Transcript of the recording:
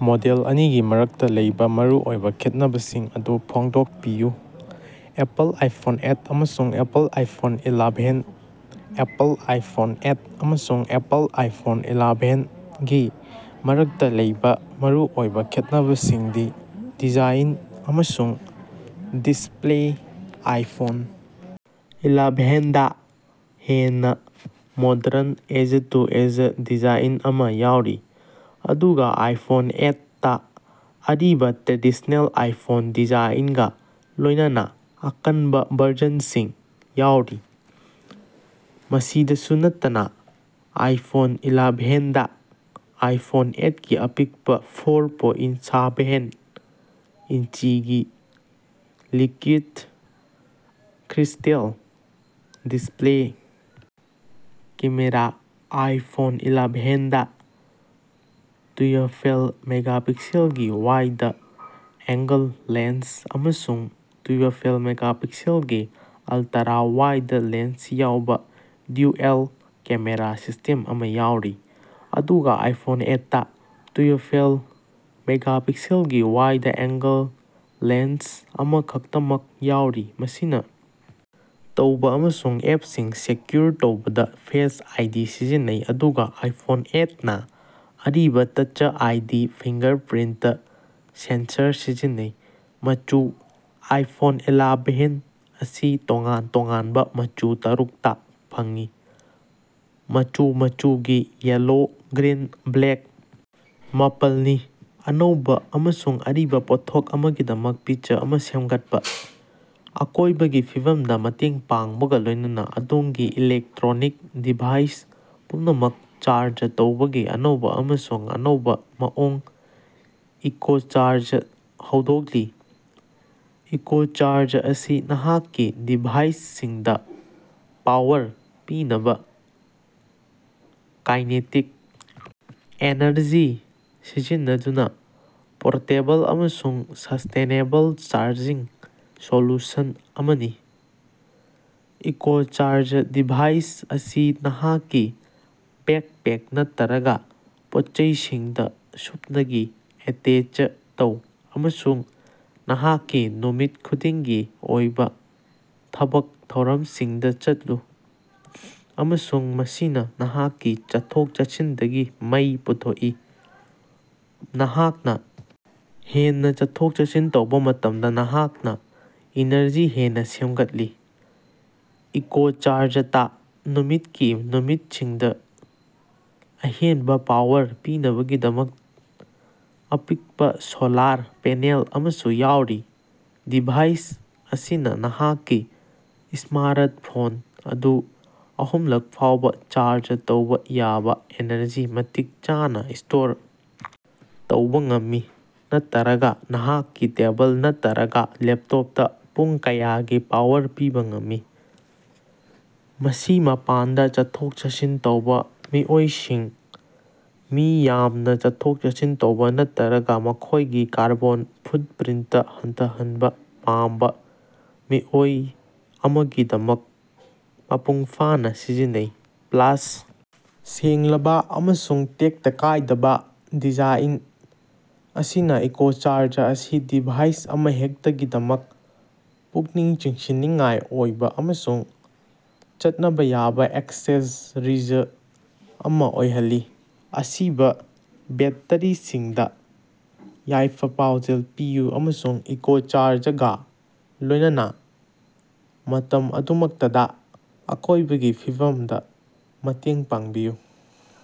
Model ꯑꯅꯤꯒꯤ ꯃꯔꯛꯇ ꯂꯩꯕ ꯃꯔꯨꯑꯣꯏꯕ ꯈꯦꯠꯅꯕꯁꯤꯡ ꯑꯗꯨ ꯐꯣꯡꯗꯣꯛꯄꯤꯌꯨ, ꯑꯦꯄꯜ ꯑꯥꯏꯐꯣꯟ ꯑꯦꯠ ꯑꯃꯁꯨꯡ Apple iPhone eleven. Apple iPhone eight ꯑꯃꯁꯨꯡ ꯑꯦꯄꯜ ꯑꯥꯏꯐꯣꯟ ꯏꯂꯥꯚꯦꯟꯒꯤ ꯃꯔꯛꯇ ꯂꯩꯕ ꯃꯔꯨꯑꯣꯏꯕ ꯈꯦꯠꯅꯕꯁꯤꯡꯗꯤ - ꯗꯤꯖꯥꯏꯟ ꯑꯃꯁꯨꯡ ꯗꯤꯁꯄ꯭ꯂꯦ - ꯑꯥꯏꯐꯣꯟ ꯏꯂꯥꯚꯦꯟꯗꯥ ꯍꯦꯟꯅ ꯃꯣꯗ꯭ꯔꯟ, ꯑꯦꯖ-ꯇꯨ-ꯑꯦꯖ ꯗꯤꯖꯥꯏꯟ ꯑꯃ ꯌꯥꯎꯔꯤ, ꯑꯗꯨꯒ ꯑꯥꯏꯐꯣꯟ ꯑꯦꯠ ꯇꯥ ꯑꯔꯤꯕ, ꯇ꯭ꯔꯦꯗꯤꯁ꯭ꯅꯦꯜ ꯑꯥꯏꯐꯣꯟ ꯗꯤꯖꯥꯏꯟꯒ ꯂꯣꯏꯅꯅꯥ ꯑꯀꯟꯕ ꯕꯔꯖꯟꯁꯤꯡ ꯌꯥꯎꯔꯤ꯫ ꯃꯁꯤꯗꯁꯨ ꯅꯠꯇꯅꯥ ꯑꯥꯏꯐꯣꯟ ꯏꯂꯥꯚꯦꯟꯗꯥ ꯑꯥꯏꯐꯣꯟ ꯑꯦꯠꯀꯤ ꯑꯄꯤꯛꯄ, ꯐꯣꯔ ꯄꯣꯏꯟ ꯁꯥꯚꯦꯟ ꯏꯟꯆꯤꯒꯤ liquid crystal display camera - iPhone ꯏꯂꯥꯚꯦꯟꯗꯥ ꯇꯨꯏꯋ꯭ꯐꯦꯜ ꯃꯦꯒꯥꯄꯤꯛꯁꯦꯜꯒꯤ ꯋꯥꯏꯗ ꯑꯦꯡꯒꯜ ꯂꯦꯟꯁ ꯑꯃꯁꯨꯡ ꯇꯨꯏꯋ꯭ꯐꯦꯜ ꯃꯦꯒꯥꯄꯤꯛꯁꯦꯜꯒꯤ ꯑꯜꯇꯔꯥ ꯋꯥꯏꯗ ꯂꯦꯟꯁ ꯌꯥꯎꯕ ꯗ꯭ꯌꯨꯑꯦꯜ ꯀꯦꯃꯦꯔꯥ ꯁꯤꯁꯇꯦꯝ ꯑꯃ ꯌꯥꯎꯔꯤ, ꯑꯗꯨꯒ ꯑꯥꯏꯐꯣꯟ ꯑꯦꯠ ꯇꯥ ꯇꯨꯏꯋ꯭ꯐꯦꯜ ꯃꯦꯒꯥꯄꯤꯛꯁꯦꯜꯒꯤ ꯋꯥꯏꯗ ꯑꯦꯡꯒꯜ ꯂꯦꯟꯁ ꯑꯃꯈꯛꯇꯃꯛ ꯌꯥꯎꯔꯤ꯫ ꯃꯁꯤꯅ ꯇꯧꯕ ꯑꯃꯁꯨꯡ ꯑꯦꯞꯁꯤꯡ ꯁꯦꯀ꯭ꯌꯨꯔ ꯇꯧꯕꯗ ꯐꯦꯁ ꯑꯥꯏꯗꯤ ꯁꯤꯖꯤꯟꯅꯩ, ꯑꯗꯨꯒ ꯑꯥꯏꯐꯣꯟ ꯑꯦꯠ ꯅꯥ ꯑꯔꯤꯕ ꯇꯆ ꯑꯥꯏꯗꯤ ꯐꯤꯡꯒꯔꯄ꯭ꯔꯤꯟꯇ ꯁꯦꯟꯁꯔ ꯁꯤꯖꯤꯟꯅꯩ꯫ ꯃꯆꯨ - ꯑꯥꯏꯐꯣꯟ ꯏꯂꯥꯚꯦꯟ ꯑꯁꯤ ꯇꯣꯉꯥꯟ ꯇꯣꯉꯥꯟꯕ ꯃꯆꯨ ꯇꯔꯨꯛꯇꯥ ꯐꯪꯏ, ꯃꯆꯨ ꯃꯆꯨꯒꯤ, ꯌꯦꯜꯂꯣ, ꯒ꯭ꯔꯤꯟ, ꯕ꯭ꯂꯦꯛ, ꯃꯄꯜꯅꯤ꯫ ꯑꯅꯧꯕ ꯑꯃꯁꯨꯡ ꯑꯔꯤꯕ ꯄꯣꯠꯊꯣꯛ ꯑꯃꯒꯤꯗꯃꯛ ꯄꯤꯆ ꯑꯃ ꯁꯦꯝꯒꯠꯄ꯫ ꯑꯀꯣꯏꯕꯒꯤ ꯐꯤꯕꯝꯗ ꯃꯇꯦꯡ ꯄꯥꯡꯕꯒ ꯂꯣꯏꯅꯅ ꯑꯗꯣꯝꯒꯤ ꯏꯂꯦꯛꯇ꯭ꯔꯣꯅꯤꯛ ꯗꯤꯚꯥꯏꯁ ꯄꯨꯝꯅꯃꯛ ꯆꯥꯔꯖ ꯇꯧꯕꯒꯤ ꯑꯅꯧꯕ ꯑꯃꯁꯨꯡ ꯑꯅꯧꯕ ꯃꯑꯣꯡ ꯏꯀꯣꯆꯥꯔꯖ ꯍꯧꯗꯣꯛꯂꯤ꯫ ꯏꯀꯣꯆꯥꯔꯖ ꯑꯁꯤ ꯅꯍꯥꯛꯀꯤ ꯗꯤꯚꯥꯏꯁꯁꯤꯡꯗ ꯄꯥꯋꯔ ꯄꯤꯅꯕꯥ ꯀꯥꯏꯅꯦꯇꯤꯛ ꯑꯦꯅꯔꯖꯤ ꯁꯤꯖꯤꯟꯅꯗꯨꯅ ꯄꯣꯔꯇꯦꯕꯜ ꯑꯃꯁꯨꯡ ꯁꯁꯇꯦꯅꯦꯕꯜ ꯆꯥꯔꯖꯤꯡ ꯁꯣꯂꯨꯁꯟ ꯑꯃꯅꯤ꯫ ꯏꯀꯣꯆꯥꯔꯖ ꯗꯤꯚꯥꯏꯁ ꯑꯁꯤ ꯅꯍꯥꯛꯀꯤ ꯕꯦꯛꯄꯦꯛ ꯅꯠꯇꯔꯒ ꯄꯣꯠꯆꯩꯁꯤꯡꯗ ꯁꯨꯞꯅꯒꯤ ꯑꯦꯇꯦꯆ ꯇꯧ ꯑꯃꯁꯨꯡ ꯅꯍꯥꯛꯀꯤ ꯅꯨꯃꯤꯠ ꯈꯨꯗꯤꯡꯒꯤ ꯑꯣꯏꯕ ꯊꯕꯛ ꯊꯧꯔꯝꯁꯤꯡꯗ ꯆꯠꯂꯨ, ꯑꯃꯁꯨꯡ ꯃꯁꯤꯅ ꯅꯍꯥꯛꯀꯤ ꯆꯠꯊꯣꯛ-ꯆꯠꯁꯤꯟꯗꯒꯤ ꯃꯩ ꯄꯨꯊꯣꯛꯏ꯫ ꯅꯍꯥꯛꯅ ꯍꯦꯟꯅ ꯆꯠꯊꯣꯛ-ꯆꯠꯁꯤꯟ ꯇꯧꯕ ꯃꯇꯝꯗ, ꯅꯍꯥꯛꯅ ꯏꯅꯔꯖꯤ ꯍꯦꯟꯅ ꯁꯦꯝꯒꯠꯂꯤ꯫ ꯏꯀꯣꯆꯥꯔꯖꯇꯥ ꯅꯨꯃꯤꯠꯀꯤ ꯅꯨꯃꯤꯠꯁꯤꯡꯗ ꯑꯍꯦꯟꯕ ꯄꯥꯋꯔ ꯄꯤꯅꯕꯒꯤꯗꯃꯛ ꯑꯄꯤꯛꯄ ꯁꯣꯂꯥꯔ ꯄꯦꯅꯦꯜ ꯑꯃꯁꯨ ꯌꯥꯎꯔꯤ꯫ ꯗꯤꯚꯥꯏꯁ ꯑꯁꯤꯅ ꯅꯍꯥꯛꯀꯤ ꯁ꯭ꯃꯥꯔꯠꯐꯣꯟ ꯑꯗꯨ ꯑꯍꯨꯝꯂꯛ ꯐꯥꯎꯕ ꯆꯥꯔꯖ ꯇꯧꯕ ꯌꯥꯕ ꯑꯦꯅꯔꯖꯤ ꯃꯇꯤꯛ ꯆꯥꯅ ꯁ꯭ꯇꯣꯔ ꯇꯧꯕ ꯉꯝꯃꯤ ꯅꯠꯇꯔꯒ ꯅꯍꯥꯛꯀꯤ ꯇꯦꯕꯜ ꯅꯠꯇꯔꯒ ꯂꯦꯞꯇꯣꯞꯇ ꯄꯨꯡ ꯀꯌꯥꯒꯤ ꯄꯥꯋꯔ ꯄꯤꯕ ꯉꯝꯃꯤ꯫ ꯃꯁꯤ ꯃꯄꯥꯟꯗ ꯆꯠꯊꯣꯛ-ꯆꯠꯁꯤꯟ ꯇꯧꯕ ꯃꯤꯑꯣꯏꯁꯤꯡ, ꯃꯤ ꯌꯥꯝꯅ ꯆꯠꯊꯣꯛ-ꯆꯠꯁꯤꯟ ꯇꯧꯕ ꯅꯠꯇꯔꯒ ꯃꯈꯣꯏꯒꯤ ꯀꯥꯔꯕꯣꯟ ꯐꯨꯠꯄ꯭ꯔꯤꯟꯇ ꯍꯟꯊꯍꯟꯕ ꯄꯥꯝꯕ ꯃꯤꯑꯣꯏ ꯑꯃꯒꯤꯗꯃꯛ ꯃꯄꯨꯡ ꯐꯥꯅ ꯁꯤꯖꯤꯟꯅꯩ꯫ ꯄ꯭ꯂꯥꯁ, ꯁꯦꯡꯂꯕꯥ ꯑꯃꯁꯨꯡ ꯇꯦꯛꯇ ꯀꯥꯏꯗꯕꯥ ꯗꯤꯖꯥꯏꯟ ꯑꯁꯤꯅ ꯏꯀꯣꯆꯥꯔꯖ ꯑꯁꯤ ꯗꯤꯚꯥꯏꯁ ꯑꯃꯍꯦꯛꯇꯒꯤꯗꯃꯛ ꯄꯨꯛꯅꯤꯡ ꯆꯤꯡꯁꯤꯟꯅꯤꯡꯉꯥꯏ ꯑꯣꯏꯕ ꯑꯃꯁꯨꯡ ꯆꯠꯅꯕ ꯌꯥꯕ ꯑꯦꯛꯁꯦꯁꯔꯤꯖ ꯑꯃ ꯑꯣꯏꯍꯜꯂꯤ꯫ ꯑꯁꯤꯕ ꯕꯦꯠꯇꯔꯤꯁꯤꯡꯗ ꯌꯥꯏꯐ-ꯄꯥꯎꯖꯦꯜ ꯄꯤꯌꯨ ꯑꯃꯁꯨꯡ ꯏꯀꯣꯆꯥꯔꯖꯒꯥ ꯂꯣꯏꯅꯅꯥ ꯃꯇꯝ ꯑꯗꯨꯃꯛꯇꯗꯥ ꯑꯀꯣꯏꯕꯒꯤ ꯐꯤꯕꯝꯗ ꯃꯇꯦꯡ ꯄꯥꯡꯕꯤꯌꯨ꯫